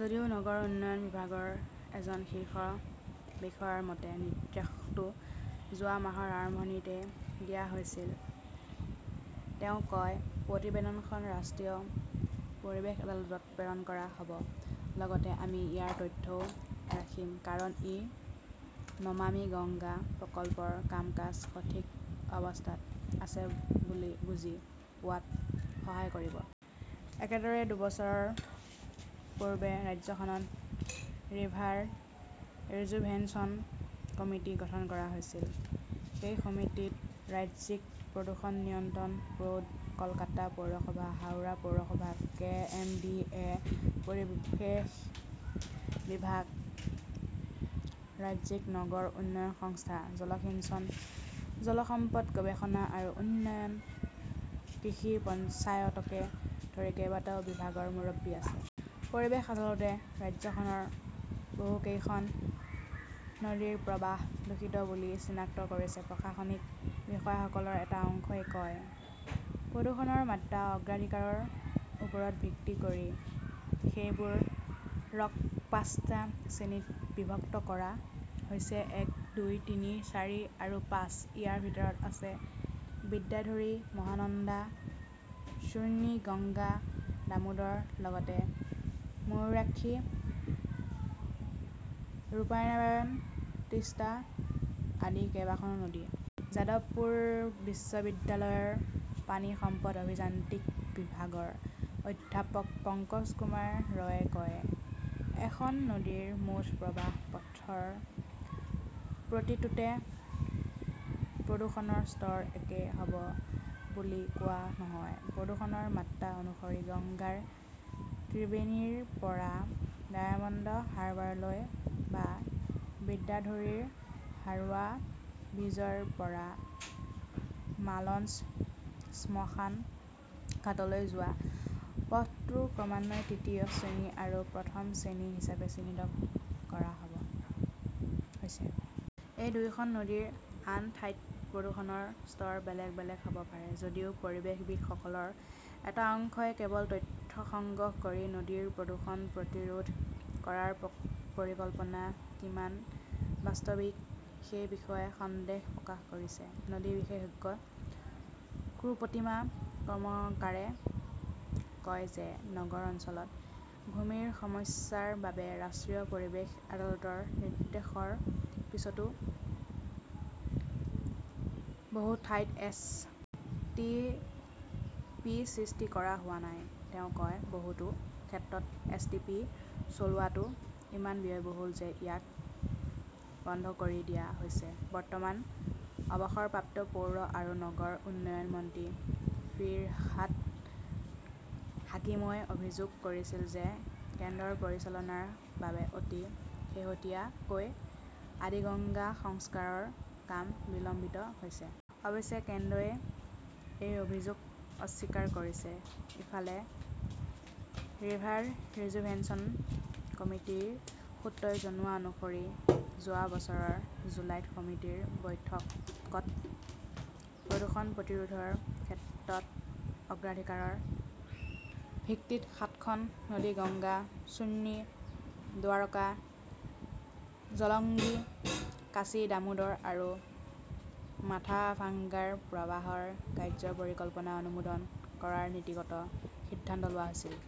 যদিও নগৰ উন্নয়ন বিভাগৰ এজন শীৰ্ষ বিষয়াৰ মতে, নিৰ্দেশটো যোৱা মাহৰ আৰম্ভণিতে দিয়া হৈছিল। তেওঁ কয়, প্ৰতিবেদনখন ৰাষ্ট্ৰীয় পৰিৱেশ আদালতত প্ৰেৰণ কৰা হ'ব। লগতে আমি ইয়াৰ তথ্যও ৰাখিম। কাৰণ, ই নমামি গংগা প্ৰকল্পৰ কাম-কাজ সঠিক অৱস্থাত আছে বুলি বুজি পোৱাত সহায় কৰিব। একেদৰে, দুবছৰ পূৰ্বে ৰাজ্যখনত ৰিভাৰ ৰিজুভেনেশ্যন কমিটি গঠন কৰা হৈছিল। সেই সমিতিত ৰাজ্যিক প্ৰদূষণ নিয়ন্ত্ৰণ ব'ৰ্ড, কলকাতা পৌৰসভা, হাওৰা পৌৰসভা, কে. এম. ডি. এ., পৰিৱেশ বিভাগ, ৰাজ্যিক নগৰ উন্নয়ন সংস্থা, জলসিঞ্চন, জল সম্পদ গৱেষণা আৰু উন্নয়ন, কৃষি, পঞ্চায়তকে ধৰি কেইবাটাও বিভাগৰ মুৰব্বী আছে। পৰিৱেশ আদালতে ৰাজ্যখনৰ বহুকেইখন নদীৰ প্ৰৱাহ দূষিত বুলি চিনাক্ত কৰিছে, প্ৰশাসনিক বিষয়াসকলৰ এটা অংশই কয়। প্ৰদূষণৰ মাত্ৰাৰ অগ্ৰাধিকাৰৰ ওপৰত ভিত্তি কৰি সেইবোৰক পাঁচটা শ্ৰেণীত বিভক্ত কৰা হৈছে-এক, দুই, তিনি, চাৰি আৰু পাঁচ। ইয়াৰ ভিতৰত আছে বিদ্যাধৰী, মহানন্দা, চুৰ্ণী, গংগা, দামোদৰ, লগতে ময়ূৰাক্ষী, ৰূপনাৰায়ণ, তিষ্টা আদি কেইবাখনো নদী। যাদৱপুৰ বিশ্ববিদ্যালয়ৰ পানী সম্পদ অভিযান্ত্ৰিক বিভাগৰ অধ্যাপক পঙ্কজকুমাৰ ৰয়ে কয়, এখন নদীৰ মুঠ প্ৰবাহ পথৰ প্ৰতিটোতে প্ৰদূষণৰ স্তৰ একে হ'ব বুলি কোৱা নহয়। প্ৰদূষণৰ মাত্ৰা অনুসৰি গংগাৰ ত্ৰিবেণীৰ পৰা ডায়মণ্ড হাৰ্বাৰলৈ বা বিদ্যাধৰীৰ হাৰোৱা ব্ৰীজৰ পৰা মালঞ্চ শ্মশান ঘাটলৈ যোৱা পথটো ক্ৰমে তৃতীয় শ্ৰেণী আৰু প্ৰথম শ্ৰেণী হিচাপে চিহ্নিত কৰা হৈছে। এই দুয়োখন নদীৰ আন ঠাইত প্ৰদূষণৰ স্তৰ বেলেগ বেলেগ হ'ব পাৰে। যদিও পৰিৱেশবিদসকলৰ এটা অংশই কেৱল তথ্য সংগ্ৰহ কৰি নদীৰ প্ৰদূষণ প্ৰতিৰোধ কৰাৰ পৰিকল্পনা কিমান বাস্তৱিক সেই বিষয়ে সন্দেহ প্ৰকাশ কৰিছে। নদী বিশেষজ্ঞ সুপ্ৰতীমা কৰ্মকাৰে কয় যে নগৰ অঞ্চলত ভূমিৰ সমস্যাৰ বাবে ৰাষ্ট্ৰীয় পৰিৱেশ আদালতৰ নিৰ্দেশৰ পিছতো বহু ঠাইত এছ. টি. পি. সৃষ্টি কৰা হোৱা নাই। তেওঁ কয়, বহুতো ক্ষেত্ৰত এছ. টি. পি. চলোৱাটো ইমান ব্যয়বহুল যে ইয়াক বন্ধ কৰি দিয়া হৈছে। বৰ্তমান অৱসৰপ্ৰাপ্ত পৌৰ আৰু নগৰ উন্নয়ন মন্ত্ৰী ফিৰহাদ হাকিমই অভিযোগ কৰিছিল যে কেন্দ্ৰৰ পৰিচালনাৰ বাবে অতি শেহতীয়াকৈ আদিগঙ্গা সংস্কাৰৰ কাম বিলম্বিত হৈছে। অৱশ্যে কেন্দ্ৰই এই অভিযোগ অস্বীকাৰ কৰিছে। ইফালে, ৰিভাৰ ৰিজুভেনেশ্যন কমিটিৰ সূত্ৰই জনোৱা অনুসৰি, যোৱা বছৰৰ জুলাইত সমিতিৰ বৈঠকত প্ৰদূষণ প্ৰতিৰোধৰ ক্ষেত্ৰত অগ্ৰাধিকাৰৰ ভিত্তিত সাতখন নদী-গংগা, চুৰ্নী, দুৱাৰকা, জলংগী, কাঁচি, দামোদৰ আৰু মাথাভাঙ্গাৰ প্ৰবাহৰ কাৰ্য্য পৰিকল্পনা অনুমোদন কৰাৰ নীতিগত সিদ্ধান্ত লোৱা হৈছিল।